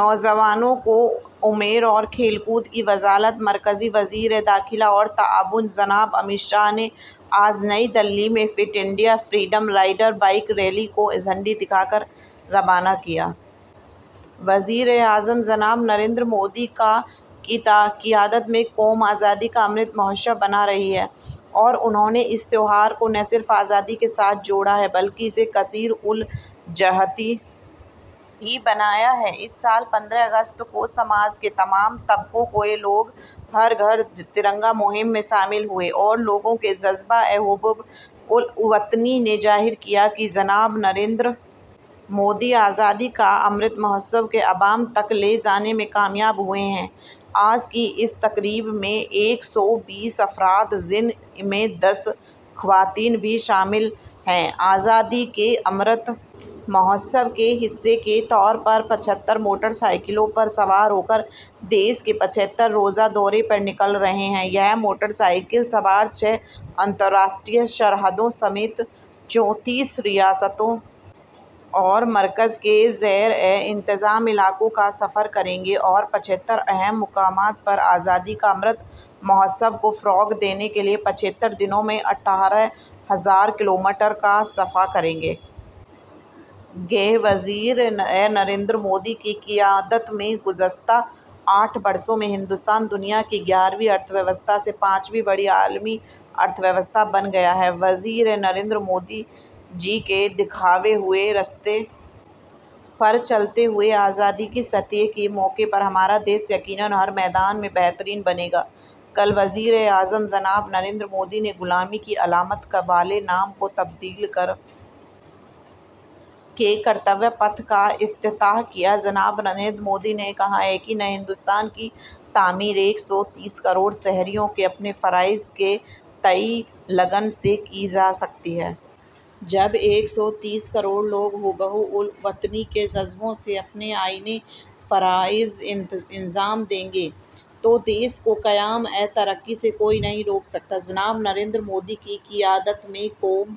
نوجوانوں کے امور اور کھیل کود کی وزارت مرکزی وزیر داخلہ اور تعاون جناب امت شاہ نے آج نئی دہلی میں fit India freedom rider biker rally کو جھنڈی دکھا کر روانہ کیا وزیر اعظم جناب نریندر مودی کی قیادت میں قوم آزادی کا امرت مہوتسو منا رہی ہے اور انہوں نے اس تہوار کو نہ صرف آزادی کے ساتھ جوڑا ہے بلکہ اسے کثیر جہتی بھی بنایا ہے اس سال پندرہ اگست کو سماج کے تمام طبقوں کے لوگ ہر گھر ترنگا مہم میں شامل ہوئے اور لوگوں کے جذبہ حب الوطنی نے ظاہر کیا کہ جناب نریندر مودی آزادی کا امرت مہوتسو کو عوام تک لے جانے میں کامیاب ہوئے ہیں آج کی اس تقریب میں ایک سو بیس افراد جن میں دس خواتین بھی شامل ہیں آزادی کے امرت مہوتسو کے حصے کے طور پر پچھتر موٹر سائیکلوں پر سوار ہو کر ملک کے پچھتر روزہ دورے پر نکل رہے ہیں یہ موٹر سائیکل سوار چھ بین الاقوامی سرحدوں سمیت چونتیس ریاستوں اور مرکز کے زیر انتظام علاقوں کا سفر کریں گے اور پچھتر اہم مقامات پر آزادی کا امرت مہوتسو کو فروغ دینے کے لیے پچھتر دنوں میں اٹھارہ ہزار کلومیٹر کا سفر کریں گے وزیر اعظم نریندر مودی کی قیادت میں گزشتہ آٹھ برسوں میں ہندوستان دنیا کی گیارہویں معیشت سے پانچویں بڑی عالمی معیشت بن گیا ہے وزیر اعظم نریندر مودی کے دکھائے ہوئے راستے پر چلتے ہوئے آزادی کی صدی کے موقع پر ہمارا ملک یقیناً ہر میدان میں بہترین بنے گا کل وزیر اعظم جناب نریندر مودی نے غلامی کی علامت والے نام کو تبدیل کر کے کرتویہ پتھ کا افتتاح کیا جناب نریندر مودی نے کہا کہ نئے ہندوستان کی تعمیر ایک سو تیس کروڑ شہریوں کے اپنے فرائض کے تئیں لگن سے ہی کی جا سکتی ہے جب ایک سو تیس کروڑ لوگ حب الوطنی کے جذبے سے اپنے آئینی فرائض انجام دیں گے تو ملک کو ترقی سے کوئی نہیں روک سکتا جناب نریندر مودی کی قیادت میں قوم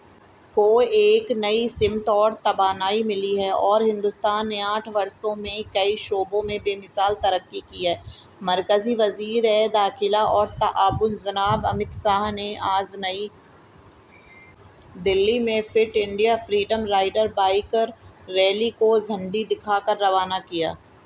کو ایک نئی سمت اور توانائی ملی ہے اور ہندوستان نے آٹھ برسوں میں کئی شعبوں میں بے مثال ترقی کی ہے مرکزی وزیر داخلہ اور تعاون جناب امت شاہ نے آج نئی دہلی میں fit India freedom rider biker rally کو جھنڈی دکھا کر روانہ کیا